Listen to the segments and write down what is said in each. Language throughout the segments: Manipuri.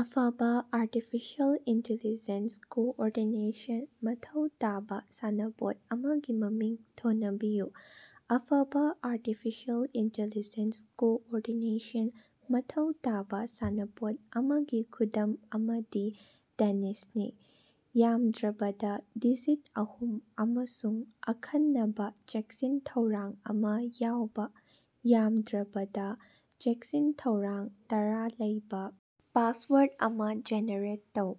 ꯑꯐꯕ ꯑ꯭ꯔꯇꯤꯐꯤꯁꯦꯜ ꯏꯟꯇꯦꯜꯂꯤꯖꯦꯟ ꯀꯣꯑꯣꯔꯗꯤꯅꯦꯁꯟ ꯃꯊꯧ ꯇꯥꯕ ꯁꯥꯟꯅꯄꯣꯠ ꯑꯃꯒꯤ ꯃꯃꯤꯡ ꯊꯣꯅꯕꯤꯌꯨ꯫ ꯑꯐꯕ ꯑ꯭ꯔꯇꯤꯐꯤꯁꯦꯜ ꯏꯟꯇꯦꯜꯂꯤꯖꯦꯟ ꯀꯣꯑꯣꯔꯗꯤꯅꯦꯁꯟ ꯃꯊꯧ ꯇꯥꯕ ꯁꯥꯟꯅꯄꯣꯠ ꯑꯃꯒꯤ ꯈꯨꯗꯝ ꯑꯃꯗꯤ ꯇꯦꯅꯤꯁꯅꯤ꯫ ꯌꯥꯝꯗ꯭ꯔꯕꯗ ꯗꯤꯖꯤꯠ ꯑꯍꯨꯝ ꯑꯃꯁꯨꯡ ꯑꯈꯟꯅꯕ ꯆꯦꯛꯁꯤꯟ-ꯊꯧꯔꯥꯡ ꯑꯃꯥ ꯌꯥꯎꯕ ,ꯌꯥꯝꯗ꯭ꯔꯕꯗ ꯆꯦꯛꯁꯤꯟ-ꯊꯧꯔꯥꯡ ꯇꯥꯔ ꯂꯩꯕ ꯄꯥꯁꯋꯥꯔꯗ ꯑꯃꯥ ꯖꯦꯅꯦꯔꯦꯠ ꯇꯧ꯫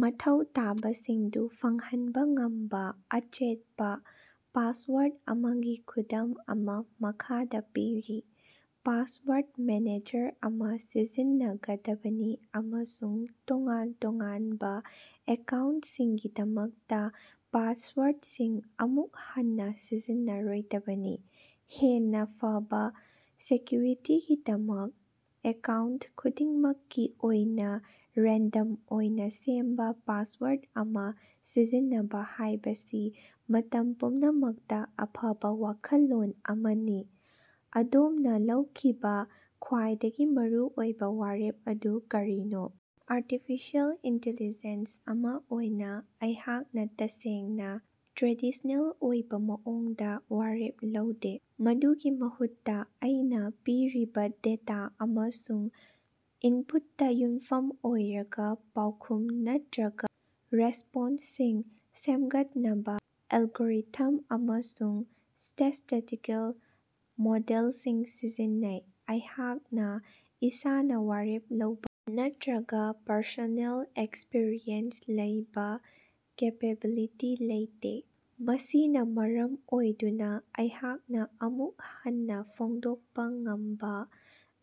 ꯃꯊꯧ ꯇꯥꯕꯁꯤꯡꯗꯨ ꯐꯪꯍꯟꯕ ꯉꯝꯕ ꯑꯆꯦꯠꯄꯥ ꯄꯥꯁꯋꯥꯔꯗ ꯑꯃꯥꯒꯤ ꯈꯨꯗꯝ ꯑꯃꯥ ꯃꯈꯥꯗꯥ ꯄꯤꯔꯤ, ꯄꯥꯁꯋꯥꯔꯗ ꯃꯦꯅꯦꯖꯔ ꯑꯃꯥ ꯁꯤꯖꯤꯟꯅꯒꯗꯕꯅꯤ ꯑꯃꯁꯨꯡ ꯇꯣꯉꯥꯟ-ꯇꯣꯉꯥꯟꯕ ꯑꯦꯀꯥꯎꯟꯇꯁꯤꯡꯒꯤꯗꯃꯛꯇꯥ ꯄꯥꯁꯋꯥꯔꯗꯁꯤꯡ ꯑꯃꯨꯛ ꯍꯟꯅꯥ ꯁꯤꯖꯤꯟꯅꯔꯣꯏꯗꯕꯅꯤ꯫ ꯍꯦꯟꯅ ꯐꯕꯥ ꯁꯦꯛꯌꯨꯔꯤꯇꯤꯒꯤꯗꯃꯛ ꯑꯦꯀꯥꯎꯟꯇ ꯈꯨꯗꯤꯡꯃꯛꯀꯤ ꯑꯣꯏꯅꯥ ꯔꯦꯟꯗꯝ ꯑꯣꯏꯅ ꯁꯦꯝꯕ ꯄꯥꯁꯋꯥꯔꯗ ꯑꯃꯥ ꯁꯤꯖꯤꯟꯅꯕ ꯍꯥꯏꯕꯁꯤ ꯃꯇꯝ ꯄꯨꯝꯅꯃꯛꯇꯥ ꯑꯐꯕ ꯋꯥꯈꯜꯂꯣꯟ ꯑꯃꯅꯤ꯫ ꯑꯗꯣꯝꯅꯥ ꯂꯧꯈꯤꯕꯥ ꯈ꯭ꯋꯥꯏꯗꯒꯤ ꯃꯔꯨ ꯑꯣꯏꯕ ꯋꯥꯔꯦꯞ ꯑꯗꯨ ꯀꯔꯤꯅꯣ? ꯑ꯭ꯔꯇꯤꯐꯤꯁꯦꯜ ꯏꯟꯇꯦꯜꯂꯤꯖꯦꯟ ꯑꯃꯥ ꯑꯣꯏꯅ ꯑꯩꯍꯥꯛꯅ ꯇꯁꯦꯡꯅ ꯇ꯭ꯔꯦꯗꯤꯁ꯭ꯅꯦꯜ ꯑꯣꯏꯕ ꯃꯑꯣꯡꯗ ꯋꯥꯔꯦꯞ ꯂꯧꯗꯦ꯫ ꯃꯗꯨꯒꯤ ꯃꯍꯨꯠꯇꯥ, ꯑꯩꯅꯥ ꯄꯤꯔꯤꯕ ꯗꯦꯇꯥ ꯑꯃꯁꯨꯡ ꯏꯟꯄꯨꯠꯇꯥ ꯌꯨꯝꯐꯝ ꯑꯣꯏꯔꯒꯥ ꯄꯥꯎꯈꯨꯝ ꯅꯠꯇ꯭ꯔꯒ ꯔꯦꯁ꯭ꯄꯣꯟꯁꯁꯤꯡ ꯁꯦꯝꯒꯠꯅꯕ ꯑꯦꯂꯒꯣꯔꯤꯊꯝ ꯑꯃꯁꯨꯡ ꯁ꯭ꯇꯦꯇꯤꯁ꯭ꯇꯤꯀꯦꯜ ꯃꯣꯗꯦꯂꯁꯤꯡ ꯁꯤꯖꯤꯟꯅꯩ꯫ ꯑꯩꯍꯥꯛꯅ ꯏꯁꯥꯅꯥ ꯋꯥꯔꯦꯞ ꯂꯧꯕ ꯅꯠꯇ꯭ꯔꯒ ꯄꯔꯁꯣꯅꯦꯜ ꯑꯦꯛꯁꯄꯔꯤꯌꯦꯟꯁ ꯂꯩꯕ ꯀꯦꯄꯦꯕꯤꯂꯤꯇꯤ ꯂꯩꯇꯦ꯫ ꯃꯁꯤꯅ ꯃꯔꯝ ꯑꯣꯏꯗꯨꯅ ꯑꯩꯍꯥꯛꯅ ꯑꯃꯨꯛ ꯍꯟꯅꯥ ꯐꯣꯡꯗꯣꯛꯄꯥ ꯉꯝꯕ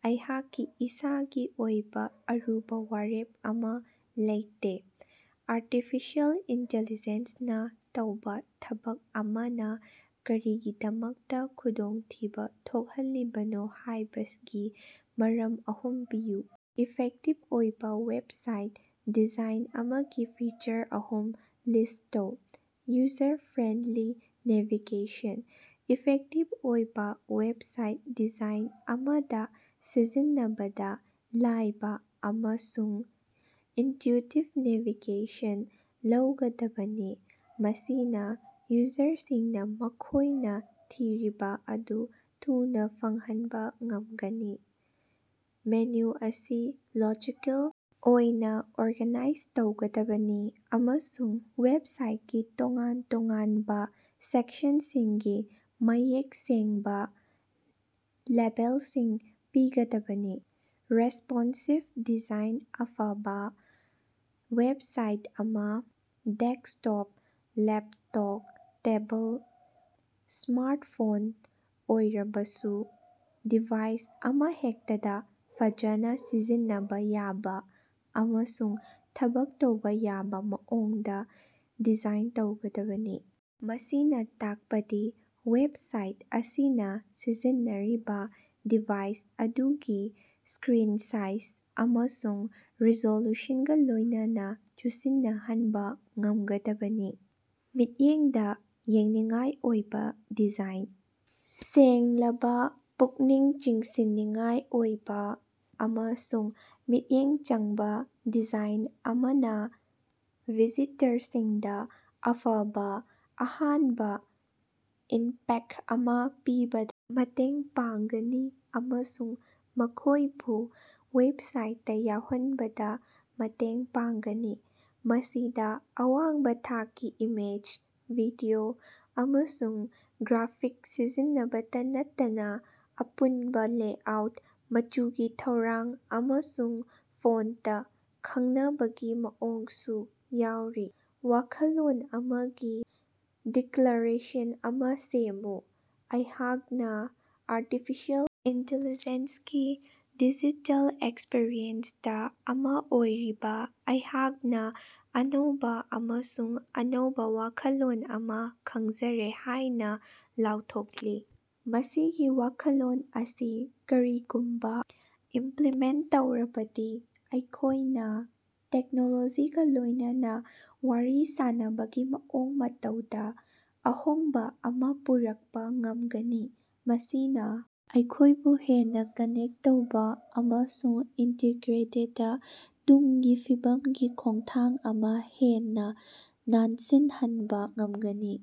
ꯑꯩꯍꯥꯛꯀꯤ ꯏꯁꯥꯒꯤ ꯑꯣꯏꯕ ꯑꯔꯨꯕ ꯋꯥꯔꯦꯞ ꯑꯃꯥ ꯂꯩꯇꯦ꯫ ꯑ꯭ꯔꯇꯤꯐꯤꯁꯦꯜ ꯏꯟꯇꯦꯜꯂꯤꯖꯦꯟꯅꯥ ꯇꯧꯕ ꯊꯕꯛ ꯑꯃꯅꯥ ꯀꯔꯤꯒꯤꯗꯃꯛꯇꯥ ꯈꯨꯗꯣꯡꯊꯤꯕ ꯊꯣꯛꯍꯜꯂꯤꯕꯅꯣ ꯍꯥꯏꯕꯒꯤ ꯃꯔꯝ ꯑꯍꯨꯝ ꯄꯤꯌꯨ꯫ ꯏꯐꯦꯛꯇꯤꯚ ꯑꯣꯏꯕ ꯋꯦꯕꯁꯥꯏꯠ ꯗꯤꯖꯥꯏꯟ ꯑꯃꯒꯤ ꯐꯤꯆꯔ ꯑꯍꯨꯝ ꯂꯤꯁ꯭ꯠ ꯇꯧ꯫ ꯌꯨꯖꯔ-ꯐ꯭ꯔꯦꯟꯗꯂꯤ ꯅꯦꯚꯤꯒꯦꯁꯟ: ꯏꯐꯦꯛꯇꯤꯕ ꯑꯣꯏꯕꯥ ꯋꯦꯕꯁꯥꯏꯠ ꯗꯤꯖꯥꯏꯟ ꯑꯃꯗꯥ ꯁꯤꯖꯤꯟꯅꯕꯗ ꯂꯥꯏꯕ ꯑꯃꯁꯨꯡ ꯏꯅꯠꯌꯨꯇꯤꯕ ꯅꯦꯚꯤꯒꯦꯁꯟ ꯂꯩꯒꯗꯕꯅꯤ, ꯃꯁꯤꯅꯥ ꯌꯨꯖꯔꯁꯤꯡꯅ ꯃꯈꯣꯏꯅ ꯊꯤꯔꯤꯕ ꯑꯗꯨ ꯊꯨꯅꯥ ꯐꯪꯍꯟꯕ ꯉꯝꯒꯅꯤ꯫ ꯃꯦꯅꯨ ꯑꯁꯤ ꯂꯣꯖꯤꯀꯦꯜ ꯑꯣꯏꯅ ꯑꯣꯔꯒꯥꯅꯥꯏꯖ ꯇꯧꯒꯗꯕꯅꯤ ꯑꯃꯁꯨꯡ ꯋꯦꯕꯁꯥꯏꯠꯀꯤ ꯇꯣꯉꯥꯟ-ꯇꯣꯉꯥꯟꯕ ꯁꯦꯛꯁꯅꯁꯤꯡꯒꯤ ꯃꯌꯦꯛ ꯁꯦꯡꯕꯥ ꯂꯦꯕꯦꯂꯁꯤꯡ ꯄꯤꯒꯗꯕꯅꯤ꯫ ꯔꯦꯁ꯭ꯄꯣꯟꯁꯤꯕ ꯗꯤꯖꯥꯏꯟ ꯑꯐꯕꯥ ꯋꯦꯕꯁꯥꯏꯠ ꯑꯃꯥ ꯗꯦꯁ꯭ꯀꯇꯣꯞ, ꯂꯦꯞꯇꯣꯞ, ꯇꯦꯕꯜ, ꯁ꯭ꯃꯥꯔꯇꯐꯣꯟ ꯑꯣꯏꯔꯕꯁꯨ ꯗꯤꯚꯥꯏꯁ ꯑꯃꯍꯦꯛꯇꯗꯥ ꯐꯖꯅ ꯁꯤꯖꯤꯟꯅꯕ ꯌꯥꯕ ꯑꯃꯁꯨꯡ ꯊꯕꯛ ꯇꯧꯕ ꯌꯥꯕ ꯃꯑꯣꯡꯗꯥ ꯗꯤꯖꯥꯏꯟ ꯇꯧꯒꯗꯕꯅꯤ꯫ ꯃꯁꯤꯅꯥ ꯇꯥꯛꯄꯗꯤ ꯋꯦꯕꯁꯥꯏꯠ ꯑꯁꯤꯅ ꯁꯤꯖꯤꯟꯅꯔꯤꯕ ꯗꯤꯚꯥꯏꯁ ꯑꯗꯨꯒꯤ ꯁ꯭ꯛꯔꯤꯟ ꯁꯥꯏꯖ ꯑꯃꯁꯨꯡ ꯔꯤꯖꯣꯂꯨꯁꯅꯒꯥ ꯂꯣꯏꯅꯅꯥ ꯆꯨꯁꯤꯟꯅꯍꯅꯕꯥ ꯉꯝꯒꯗꯕꯅꯤ꯫ ꯃꯤꯠꯌꯦꯡꯗꯥ ꯌꯦꯡꯅꯤꯡꯉꯥꯏ ꯑꯣꯏꯕꯥ ꯗꯤꯖꯥꯏꯟ: ꯁꯦꯡꯂꯕꯥ, ꯄꯨꯛꯅꯤꯡ ꯆꯤꯡꯁꯤꯟꯅꯤꯡꯉꯥꯏ ꯑꯣꯏꯕꯥ ꯑꯃꯁꯨꯡ ꯃꯤꯠꯌꯦꯡ ꯆꯪꯕꯥ ꯗꯤꯖꯥꯏꯟ ꯑꯃꯅꯥ ꯚꯤꯖꯤꯇꯔꯁꯤꯡꯗꯥ ꯑꯐꯕ ꯑꯍꯥꯟꯕ ꯏꯝꯄꯦꯛꯇ ꯑꯃꯥ ꯄꯤꯕꯗꯥ ꯃꯇꯦꯡ ꯄꯥꯡꯒꯅꯤ ꯑꯃꯁꯨꯡ ꯃꯈꯣꯏꯕꯨ ꯋꯦꯕꯁꯥꯏꯠꯇꯥ ꯌꯥꯎꯍꯟꯕꯗ ꯃꯇꯦꯡ ꯄꯥꯡꯒꯅꯤ꯫ ꯃꯁꯤꯗꯥ ꯑꯋꯥꯡꯕ ꯊꯥꯛꯀꯤ ꯏꯃꯦꯖ, ꯚꯤꯗꯤꯑꯣ, ꯑꯃꯁꯨꯡ ꯒ꯭ꯔꯥꯐꯤꯛꯁ ꯁꯤꯖꯤꯟꯅꯕꯇꯥ ꯅꯠꯇꯅꯥ ꯑꯄꯨꯟꯕ ꯂꯦꯑꯥꯎꯠ, ꯃꯆꯨꯒꯤ ꯊꯧꯔꯥꯡ, ꯑꯃꯁꯨꯡ ꯐꯣꯟꯇ ꯈꯪꯅꯕꯒꯤ ꯃꯑꯣꯡꯁꯨ ꯌꯥꯎꯔꯤ꯫ ꯋꯥꯈꯜꯂꯣꯟ ꯑꯃꯥꯒꯤ ꯗꯤꯛꯂꯥꯔꯦꯁꯟ ꯑꯃꯥ ꯁꯦꯝꯃꯨ꯫ ꯑꯩꯍꯥꯛꯅꯥ ꯑ꯭ꯔꯇꯤꯐꯤꯁꯦꯜ ꯏꯟꯇꯦꯜꯂꯤꯖꯦꯟ ꯒꯤ ꯗꯤꯖꯤꯇꯦꯜ ꯑꯦꯁꯤꯁ꯭ꯇꯦꯟꯇ ꯑꯃꯥ ꯑꯣꯏꯔꯤꯕ ꯑꯩꯍꯥꯛꯅ ꯑꯅꯧꯕ ꯑꯃꯁꯨꯡ ꯑꯅꯧꯕ ꯋꯥꯈꯜꯂꯣꯟ ꯑꯃꯥ ꯈꯪꯖꯔꯦ ꯍꯥꯏꯅꯥ ꯂꯥꯎꯊꯣꯛꯂꯤ꯫ ꯃꯁꯤꯒꯤ ꯋꯥꯈꯜꯂꯣꯟ ꯑꯁꯤ ꯀꯔꯤꯒꯨꯝꯕ ꯏꯃꯞꯂꯤꯃꯦꯟꯇ ꯇꯧꯔꯕꯗꯤ ꯑꯩꯈꯣꯏꯅꯥ ꯇꯦꯛꯅꯣꯂꯣꯖꯤꯒꯥ ꯂꯣꯏꯅꯅꯥ ꯋꯥꯔꯤ ꯁꯥꯅꯕꯒꯤ ꯃꯑꯣꯡ ꯃꯇꯧꯗꯥ ꯑꯍꯣꯡꯕꯥ ꯑꯃꯥ ꯄꯨꯔꯛꯄꯥ ꯉꯝꯒꯅꯤ꯫ ꯃꯁꯤꯅꯥ ꯑꯩꯈꯣꯏꯕꯨ ꯍꯦꯟꯅꯥ ꯀꯅꯦꯛ ꯇꯧꯕ ꯑꯃꯁꯨꯡ ꯏꯟꯇꯤꯒ꯭ꯔꯦꯇꯦꯗ ꯇꯨꯡꯒꯤ ꯐꯤꯕꯝꯒꯤ ꯈꯣꯡꯊꯥꯡ ꯑꯃꯥ ꯍꯦꯟꯅꯥ ꯅꯟꯁꯤꯟꯍꯟꯕꯥ ꯉꯝꯒꯅꯤ꯫